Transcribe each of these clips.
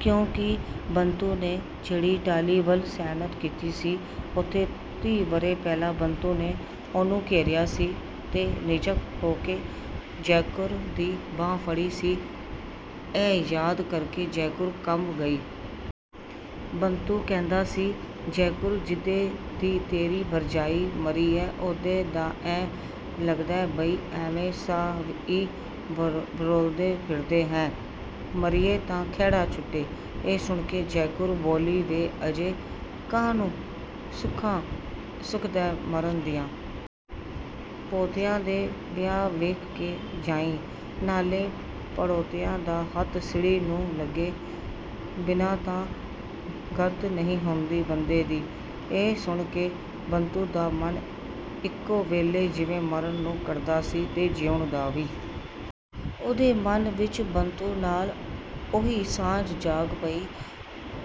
ਕਿੳਂਕਿ ਬੰਤੂ ਨੇ ਜਿਹੜੀ ਟਾਹਲੀ ਵੱਲ ਸੈਨਤ ਕੀਤੀ ਸੀ| ਉੱਥੇ ਤੀਹ ਵਰ੍ਹੇ ਪਹਿਲਾਂ ਬੰਤੂ ਨੇ ਉਹਨੂੰ ਘੇਰਿਆ ਸੀ ਤੇ ਨਿਝੱਕ ਹੋ ਕੇ ਜੈਕੁਰ ਦੀ ਬਾਂਹ ਫੜੀ ਸੀ। ਇਹ ਯਾਦ ਕਰਕੇ ਜੈਕੁਰ ਕੰਬ ਗਈ। ਬੰਤੂ ਕਹਿੰਦਾ ਸੀ, ਜੈਕੁਰ ਜਿੱਦੇ ਦੀ ਤੇਰੀ ਭਰਜਾਈ ਮਰੀ ਐ, ਉਦੇ ਦਾ ਐਂ ਲੱਗਦੈ ਬਈ ਐਵੇਂ ਸਾਹ ਈ ਵਰੋਲਦੇ ਫਿਰਦੇ ਹੈ... ਮਰੀਏ ਤਾਂ ਖਹਿੜਾ ਛੁੱਟੇ। ਇਹ ਸੁਣ ਕੇ ਜੈਕੁਰ ਬੋਲੀ ਵੇ ਅਜੇ ਕਾਹਨੂੰ ਸੁੱਖਾਂ ਸੁਖਦੈਂ ਮਰਨ ਦੀਆਂ। ਪੋਤਿਆਂ ਦੇ ਵਿਆਹ ਵੇਖ ਕੇ ਜਾਈਂ, ਨਾਲੇ ਪੜੋਤਿਆਂ ਦਾ ਹੱਥ ਸਿੜ੍ਹੀ ਨੂੰ ਲੱਗੇ ਬਿਨਾਂ ਤਾਂ ਗਤ ਨ੍ਹੀਂ ਹੁੰਦੀ ਬੰਦੇ ਦੀ। ਇਹ ਸੁਣ ਕੇ ਬੰਤੂ ਦਾ ਮਨ ਇੱਕੋ ਵੇਲੇ ਜਿਵੇਂ ਮਰਨ ਨੂੰ ਕਰਦਾ ਸੀ ਤੇ ਜੀਉਣ ਦਾ ਵੀ। ਉਹਦੇ ਮਨ ਵਿੱਚ ਬੰਤੂ ਨਾਲ ਉਹੀ ਸਾਂਝ ਜਾਗ ਪਈ,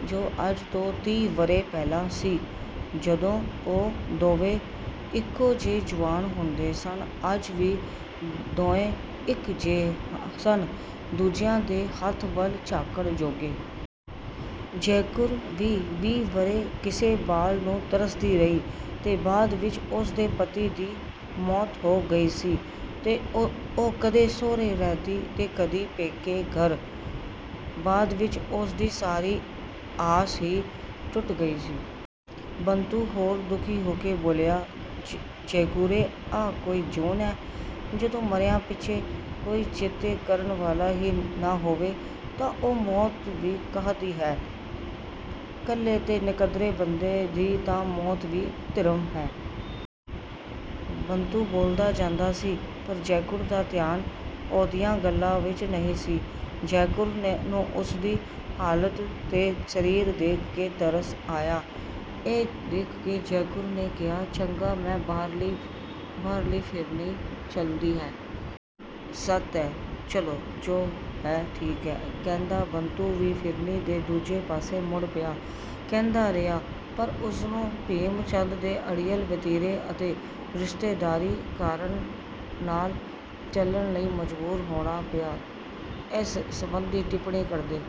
ਜੋ ਅੱਜ ਤੋਂ ਤੀਹ ਵਰ੍ਹੇ ਪਹਿਲਾਂ ਸੀ। ਜਦੋਂ ਉਹ ਦੋਵੇਂ ਇੱਕੋ ਜਿਹੇ ਜੁਆਨ ਹੁੰਦੇ ਸਨ। ਅੱਜ ਵੀ ਦੋਏਂ ਇੱਕ ਜਿਹੇ ਸਨ ਦੂਜਿਆ ਦੇ ਹੱਥ ਵੱਲ ਝਾਕਣ ਜੋਗੇ। ਜੈਕੁਰ ਵੀ ਵੀਹ ਵਰ੍ਹੇ ਕਿਸੇ ਬਾਲ ਨੂੰ ਤਰਸਦੀ ਰਹੀ ਤੇ ਬਾਅਦ ਵਿੱਚ ਉਸਦੇ ਪਤੀ ਦੀ ਮੌਤ ਹੋ ਗਈ ਸੀ ਤੇ ਉਹ ਕਦੇ ਸਹੁਰੇ ਰਹਿੰਦੀ ਤੇ ਕਦੀ ਪੇਕੇ ਘਰ। ਬਾਅਦ ਵਿੱਚ ਉਸਦੀ ਸਾਰੀ ਆਸ ਹੀ ਟੁੱਟ ਗਈ ਸੀ। ਬੰਤੂ ਹੋਰ ਦੁੱਖੀ ਹੋ ਕੇ ਬੋਲਿਆ, ਜੈਕੁਰੇ ਆਹ ਕੋਈ ਜੂਨ ਐ। ਜਦੋਂ ਮਰਿਆਂ ਪਿੱਛੋਂ ਕੋਈ ਚੇਤੇ ਕਰਨ ਵਾਲਾ ਵੀ ਨਾ ਹੋਵੇ, ਤਾਂ ਉਹ ਮੌਤ ਵੀ ਕਾਹਦੀ ਐ।... ਕੱਲੇ ਤੇ ਨਕਦਰੇ ਬੰਦੇ ਦੀ ਤਾਂ ਮੌਤ ਵੀ ਧਿਰਮ ਹੈ। ਬੰਤੂ ਬੋਲਦਾ ਜਾਂਦਾ ਸੀ, ਪਰ ਜੈਕੁਰ ਦਾ ਧਿਆਨ ਉਹਦੀਆਂ ਗੱਲਾਂ ਵਿੱਚ ਨਹੀਂ ਸੀ। ਜੈਕੁਰ ਨੂੰ ਉਸਦੀ ਹਾਲਤ ਤੇ ਸਰੀਰ ਦੇਖ ਕੇ ਤਰਸ ਆਇਆ। ਇਹ ਦੇਖ ਕੇ ਜੈਕੁਰ ਨੇ ਕਿਹਾ, ਚੰਗਾ ਮੈਂ ਬਾਹਰਲੀ ਫਿਰਨੀ ਚਲਦੀ ਐ। ਸੱਤ ਐ। ਚੱਲੋ, ਜੋ ਹੈ ਠੀਕ ਐ। ਕਹਿੰਦਾ ਬੰਤੂ ਵੀ ਫਿਰਨੀ ਦੇ ਦੂਜੇ ਪਾਸੇ ਮੁੜ ਪਿਆ। ਕਹਿੰਦਾ ਰਿਹਾ। ਪਰ ਉਸ ਨੂੰ ਭੀਮ ਚੰਦ ਦੇ ਅੜੀਅਲ ਵਤੀਰੇ ਅਤੇ ਰਿਸ਼ਤੇਦਾਰੀ ਕਾਰਨ ਨਾਲ ਚੱਲਣ ਲਈ ਮਜਬੂਰ ਹੋਣਾ ਪਿਆ। ਇਸ ਸੰਬੰਧੀ ਟਿੱਪਣੀ ਕਰਦੇ